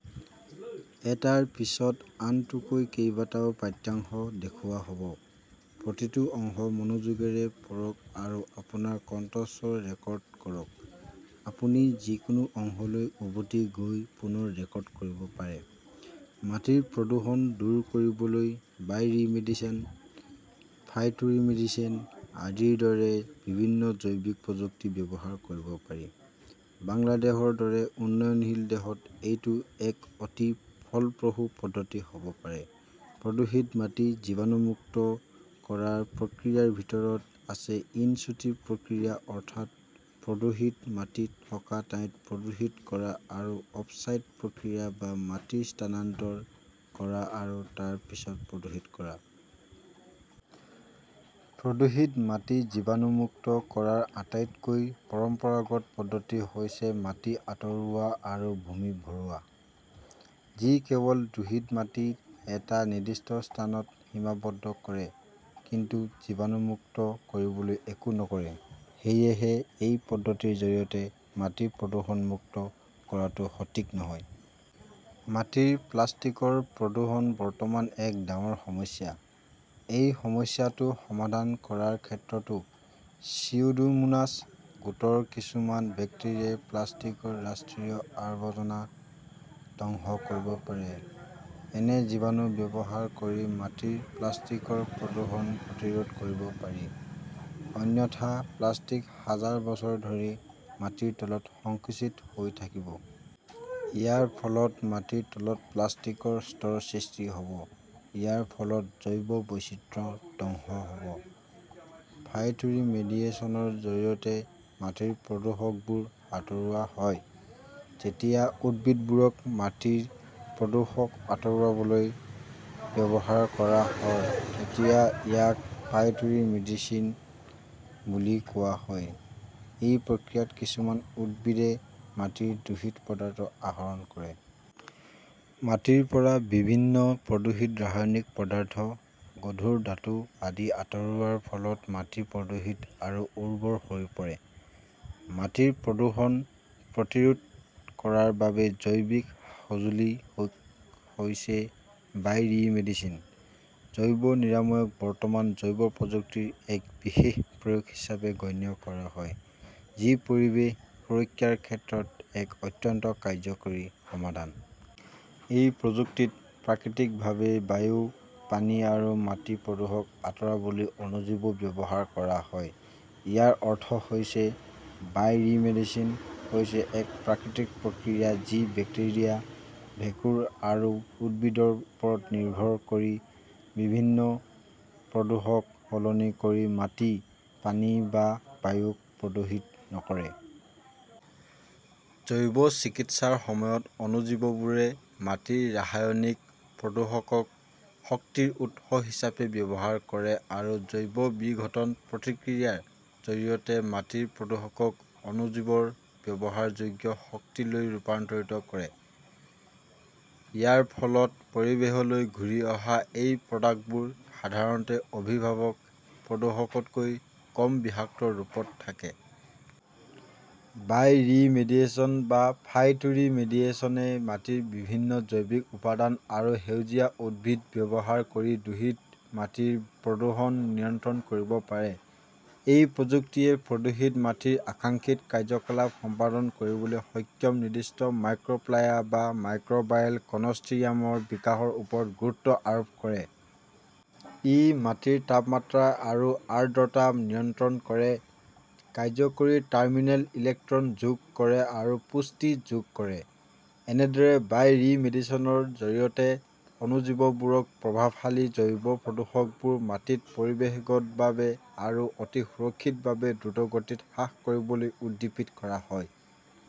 মাটিৰ প্ৰদূষণ দূৰ কৰিবলৈ বায়'ৰিমেডিশ্যন, ফাইটোৰিমেডিশ্যন আদিৰ দৰে বিভিন্ন জৈৱিক প্ৰযুক্তি ব্যৱহাৰ কৰিব পাৰি। বাংলাদেশৰ দৰে উন্নয়নশীল দেশত এইটো এক অতি ফলপ্ৰসূ পদ্ধতি হ'ব পাৰে। প্ৰদূষিত মাটি জীৱাণুমুক্ত কৰাৰ প্ৰক্ৰিয়াৰ ভিতৰত আছে ইন চিটু প্ৰক্ৰিয়া অৰ্থাৎ প্ৰদূষিত মাটি থকা ঠাইতে প্ৰদূষিত কৰা আৰু অফচাইট প্ৰক্ৰিয়া বা মাটি স্থানান্তৰ কৰা আৰু তাৰ পিছত প্ৰদূষিত কৰা। প্ৰদূষিত মাটি জীৱাণুমুক্ত কৰাৰ আটাইতকৈ পৰম্পৰাগত পদ্ধতি হৈছে মাটি আঁতৰোৱা আৰু ভূমি ভৰোৱা। যি কেৱল দূষিত মাটি এটা নিৰ্দিষ্ট স্থানত সীমাবদ্ধ কৰে, কিন্তু জীৱাণুমুক্ত কৰিবলৈ একো নকৰে। সেয়েহে, এই পদ্ধতিৰ জৰিয়তে মাটি প্ৰদূষণমুক্ত কৰাটো সঠিক নহয়। মাটিৰ প্লাষ্টিকৰ প্ৰদূষণ বৰ্তমান এক ডাঙৰ সমস্যা। এই সমস্যাটো সমাধান কৰাৰ ক্ষেত্ৰতো চিউডোমোনাছ গোটৰ কিছুমান বেক্টেৰিয়াই প্লাষ্টিকৰ ৰাষ্ট্ৰীয় আৱৰ্জনা ধ্বংস কৰিব পাৰে। এনে জীৱাণু ব্যৱহাৰ কৰি মাটিৰ প্লাষ্টিকৰ প্ৰদূষণ প্ৰতিৰোধ কৰিব পাৰি। অন্যথা প্লাষ্টিক হাজাৰ বছৰ ধৰি মাটিৰ তলত সংকুচিত হৈ থাকিব। ইয়াৰ ফলত মাটিৰ তলত প্লাষ্টিকৰ স্তৰ সৃষ্টি হ'ব, ইয়াৰ ফলত জৈৱ বৈচিত্ৰ্য ধ্বংস হ'ব। ফাইটোৰিমেডিয়েচনৰ জৰিয়তে মাটিৰ প্ৰদূষকবোৰ আঁতৰোৱা হয়। যেতিয়া উদ্ভিদবোৰক মাটিৰ প্ৰদূষক আঁতৰাবলৈ ব্যৱহাৰ কৰা হয়, তেতিয়া ইয়াক ফাইটোৰিমেডিশ্যন বুলি কোৱা হয়। এই প্ৰক্ৰিয়াত কিছুমান উদ্ভিদে মাটিৰ দূষিত পদাৰ্থ আহৰণ কৰে। মাটিৰ পৰা বিভিন্ন প্ৰদূষিত ৰাসায়নিক পদাৰ্থ, গধুৰ ধাতু আদি আঁতৰোৱাৰ ফলত মাটি প্ৰদূষিত আৰু উৰ্বৰ হৈ পৰে। মাটিৰ প্ৰদূষণ প্ৰতিৰোধ কৰাৰ বাবে জৈৱিক সঁজুলি হৈছে বায়'ৰিমেডিশ্যন। জৈৱ নিৰাময়ক বৰ্তমান জৈৱ প্ৰযুক্তিৰ এক বিশেষ প্ৰয়োগ হিচাপে গণ্য কৰা হয়, যি পৰিৱেশ সুৰক্ষাৰ ক্ষেত্ৰত এক অত্যন্ত কাৰ্যকৰী সমাধান। এই প্ৰযুক্তিত প্ৰাকৃতিকভাৱে বায়ু, পানী আৰু মাটি প্ৰদূষক আঁতৰাবলৈ অণুজীৱ ব্যৱহাৰ কৰা হয়। ইয়াৰ অৰ্থ হৈছে, বায়'ৰিমেডিশ্যন হৈছে এক প্ৰাকৃতিক প্ৰক্ৰিয়া যি বেক্টেৰিয়া, ভেঁকুৰ আৰু উদ্ভিদৰ ওপৰত নিৰ্ভৰ কৰি বিভিন্ন প্ৰদূষক সলনি কৰি মাটি, পানী বা বায়ুক প্ৰদূষিত নকৰে। জৈৱ-চিকিৎসাৰ সময়ত অণুজীৱবোৰে মাটিৰ ৰাসায়নিক প্ৰদূষকক শক্তিৰ উৎস হিচাপে ব্যৱহাৰ কৰে আৰু জৈৱ-বিঘটন প্ৰতিক্ৰিয়াৰ জৰিয়তে মাটিৰ প্ৰদূষকক অণুজীৱৰ ব্যৱহাৰযোগ্য শক্তিলৈ ৰূপান্তৰিত কৰে। ইয়াৰ ফলত পৰিৱেশলৈ ঘূৰি অহা বাই প্ৰডাক্টবোৰ সাধাৰণতে অভিভাৱক প্ৰদূষকতকৈ কম বিষাক্ত ৰূপত থাকে। বায়'ৰিমেডিয়েচন বা ফাইটোৰিমেডিয়েচনে মাটিৰ বিভিন্ন জৈৱিক উপাদান আৰু সেউজীয়া উদ্ভিদ ব্যৱহাৰ কৰি দূষিত মাটিৰ প্ৰদূষণ নিয়ন্ত্ৰণ কৰিব পাৰে। এই প্ৰযুক্তিয়ে প্ৰদূষিত মাটিৰ আকাংক্ষিত কাৰ্য্যকলাপ সম্পাদন কৰিবলৈ সক্ষম নিৰ্দিষ্ট মাইক্ৰ'ফ্লায়া বা মাইক্ৰ'বায়েল কনচৰ্টিয়ামৰ বিকাশৰ ওপৰত গুৰুত্ব আৰোপ কৰে। ই মাটিৰ তাপমাত্ৰা আৰু আৰ্দ্ৰতা নিয়ন্ত্ৰণ কৰে, কাৰ্যকৰী টাৰ্মিনেল ইলেক্ট্ৰন যোগ কৰে আৰু পুষ্টি যোগ কৰে। এনেদৰে বায়'ৰিমেডিশ্যনৰ জৰিয়তে অণুজীৱবোৰক প্ৰভাৱশালী জৈৱ প্ৰদূষকবোৰ মাটিত পৰিৱেশগতভাৱে আৰু অতি সুৰক্ষিতভাৱে দ্ৰুতগতিত হ্ৰাস কৰিবলৈ উদ্দীপিত কৰা হয়।